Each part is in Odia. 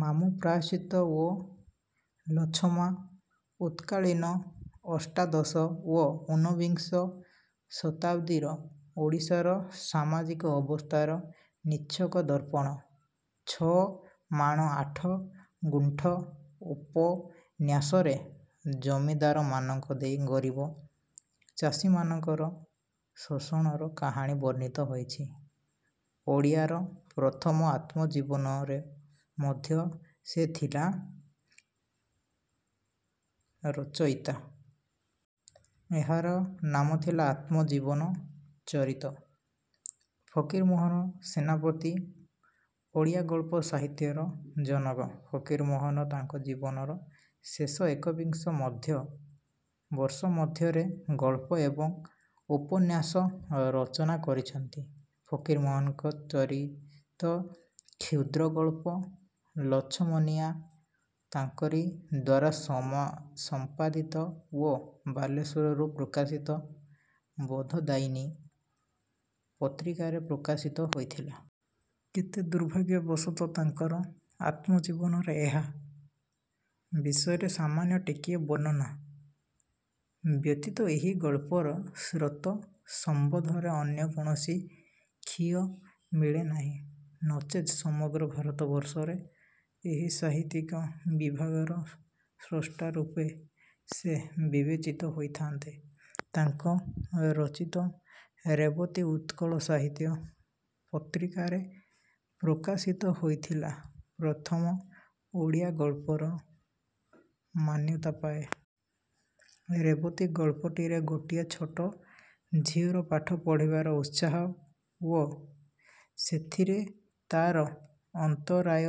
ମାମୁଁ ପ୍ରାୟଶ୍ଚିତ ଓ ଲଛମା ଉତତ୍କାଳୀନ ଅଷ୍ଟାଦଶ ଓ ଊନବିଂଶ ଶତାବ୍ଦୀର ଓଡ଼ିଶାର ସାମାଜିକ ଅବସ୍ଥାର ନିଚ୍ଛକ ଦର୍ପଣ। ଛ ମାଣ ଆଠ ଗୁଣ୍ଠ ଉପନ୍ୟାସରେ ଜମିଦାରମାନଙ୍କ ଦେଇ ଗରିବ ଚାଷୀମାନଙ୍କର ଶୋଷଣର କାହାଣୀ ବର୍ଣ୍ଣିତ ହୋଇଛି। ଓଡ଼ିଆର ପ୍ରଥମ ଆତ୍ମଜୀବନୀରେ ମଧ୍ୟ ସେ ଥିଲା ରଚୟିତା। ଏହାର ନାମ ଥିଲା ଆତ୍ମ ଜୀବନ ଚରିତ। ଫକୀରମୋହନ ସେନାପତି ଓଡ଼ିଆ ଗଳ୍ପ ସାହିତ୍ୟର ଜନକ। ଫକୀରମୋହନ ତାଙ୍କ ଜୀବନର ଶେଷ ଏକବିଂଶ ମଧ୍ୟ ବର୍ଷ ମଧ୍ୟରେ ଗଳ୍ପ ଏବଂ ଉପନ୍ୟାସ ରଚନା କରିଛନ୍ତି। ଫକୀରମୋହନଙ୍କ ତ୍ବରିତ କ୍ଷୁଦ୍ରଗଳ୍ପ ଲଛମନିଆ ତାଙ୍କରିଦ୍ୱାରା ସମ ସମ୍ପାଦିତ ଓ ବାଲେଶ୍ୱରରୁ ପ୍ରକାଶିତ ବୋଧଦାୟିନୀ ପତ୍ରିକାରେ ପ୍ରକାଶିତ ହୋଇଥିଲା। କେତେ ଦୁର୍ଭାଗ୍ୟବଶତଃ ତାଙ୍କର ଆତ୍ମଜୀବନୀରେ ଏହା ବିଷୟରେ ସାମାନ୍ୟ ଟିକିଏ ବର୍ଣ୍ଣନା ବ୍ୟତୀତ ଏହି ଗଳ୍ପର ସ୍ରୋତ ସମ୍ବନ୍ଧରେ ଅନ୍ୟ କୌଣସି ଖିଅ ମିଳେନାହିଁ ନଚେତ୍ ସମଗ୍ର ଭାରତବର୍ଷରେ ଏହି ସାହିତ୍ୟିକ ବିଭାଗର ସ୍ରଷ୍ଟା ରୂପେ ସେ ବିବେଚିତ ହୋଇଥାନ୍ତେ। ତାଙ୍କ ରଚିତ ରେବତୀ ଉତ୍କଳ ସାହିତ୍ୟ ପତ୍ରିକାରେ ପ୍ରକାଶିତ ହୋଇଥିଲା ପ୍ରଥମ ଓଡ଼ିଆ ଗଳ୍ପର ମାନ୍ୟତା ପାଏ। ରେବତୀ ଗଳ୍ପଟିରେ ଗୋଟିଏ ଛୋଟ ଝିଅର ପାଠ ପଢ଼ିବାର ଉତ୍ସାହ ଓ ସେଥିରେ ତାର ଅନ୍ତରାୟ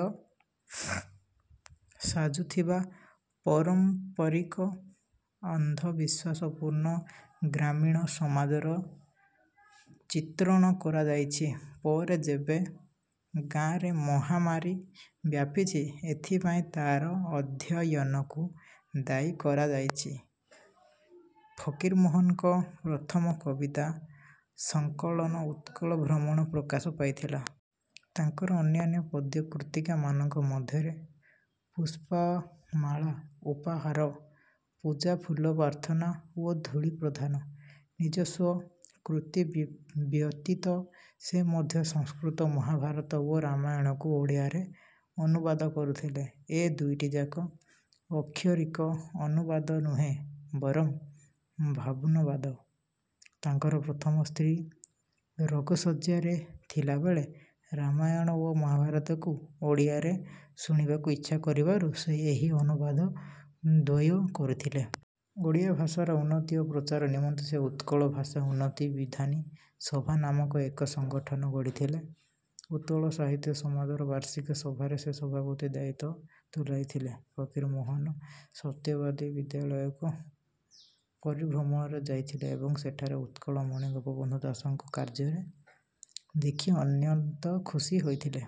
ସାଜୁଥିବା ପରମ୍ପରିକ ଅନ୍ଧବିଶ୍ୱାସପୂର୍ଣ୍ଣ ଗ୍ରାମୀଣ ସମାଜର ଚିତ୍ରଣ କରାଯାଇଛି। ପରେ ଯେବେ ଗାଁରେ ମହାମାରୀ ବ୍ୟାପିଛି ଏଥିପାଇଁ ତାର ଅଧ୍ୟୟନକୁ ଦାୟୀ କରାଯାଇଛି। ଫକୀରମୋହନଙ୍କ ପ୍ରଥମ କବିତା ସଙ୍କଳନ ଉତ୍କଳ ଭ୍ରମଣ ପ୍ରକାଶ ପାଇଥିଲା। ତାଙ୍କର ଅନ୍ୟାନ୍ୟ ପଦ୍ୟ କୃତିକାମାନଙ୍କ ମଧ୍ୟରେ ପୁଷ୍ପମାଳା ଉପହାର ପୂଜା ଫୁଲ ପ୍ରାର୍ଥନା ଓ ଧୂଳି ପ୍ରଧାନ। ନିଜସ୍ୱ କୃତି ବ୍ୟ ବ୍ୟତୀତ ସେ ମଧ୍ୟ ସଂସ୍କୃତ ମହାଭାରତ ଓ ରାମାୟଣକୁ ଓଡ଼ିଆରେ ଅନୁବାଦ କରୁଥିଲେ। ଏ ଦୁଇଟିଯାକ ଆକ୍ଷରିକ ଅନୁବାଦ ନୁହେଁ ବରଂ ଭାବନୁବାଦ। ତାଙ୍କର ପ୍ରଥମ ସ୍ତ୍ରୀ ରୋଗଶଯ୍ୟାରେ ଥିବାବେଳେ ରାମାୟଣ ଓ ମହାଭାରତକୁ ଓଡ଼ିଆରେ ଶୁଣିବାକୁ ଇଚ୍ଛା କରିବାରୁ ସେ ଏହି ଅନୁବାଦ ଦ୍ୱୟ କରିଥିଲେ। ଓଡ଼ିଆ ଭାଷାର ଉନ୍ନତି ଓ ପ୍ରଚାର ନିମନ୍ତେ ସେ ଉତ୍କଳ ଭାଷା ଉନ୍ନତି ବିଧାନୀ ସଭା ନାମକ ଏକ ସଙ୍ଗଠନ ଗଢ଼ିଥିଲେ। ଉତଳ ସାହିତ୍ୟ ସମାଜର ବାର୍ଷିକ ସଭାରେ ସେ ସଭାପତି ଦାୟିତ୍ୱ ତୁଲାଇଥିଲେ। ଫକୀରମୋହନ ସତ୍ୟବାଦୀ ବିଦ୍ୟାଳୟକୁ ପରିଭ୍ରମଣରେ ଯାଇଥିଲେ ଏବଂ ସେଠାରେ ଉତ୍କଳମଣି ଗୋପବନ୍ଧୁ ଦାସଙ୍କର କାର୍ଯ୍ୟରେ ଦେଖି ଅନ୍ୟନ୍ତ ଖୁସି ହୋଇଥିଲେ।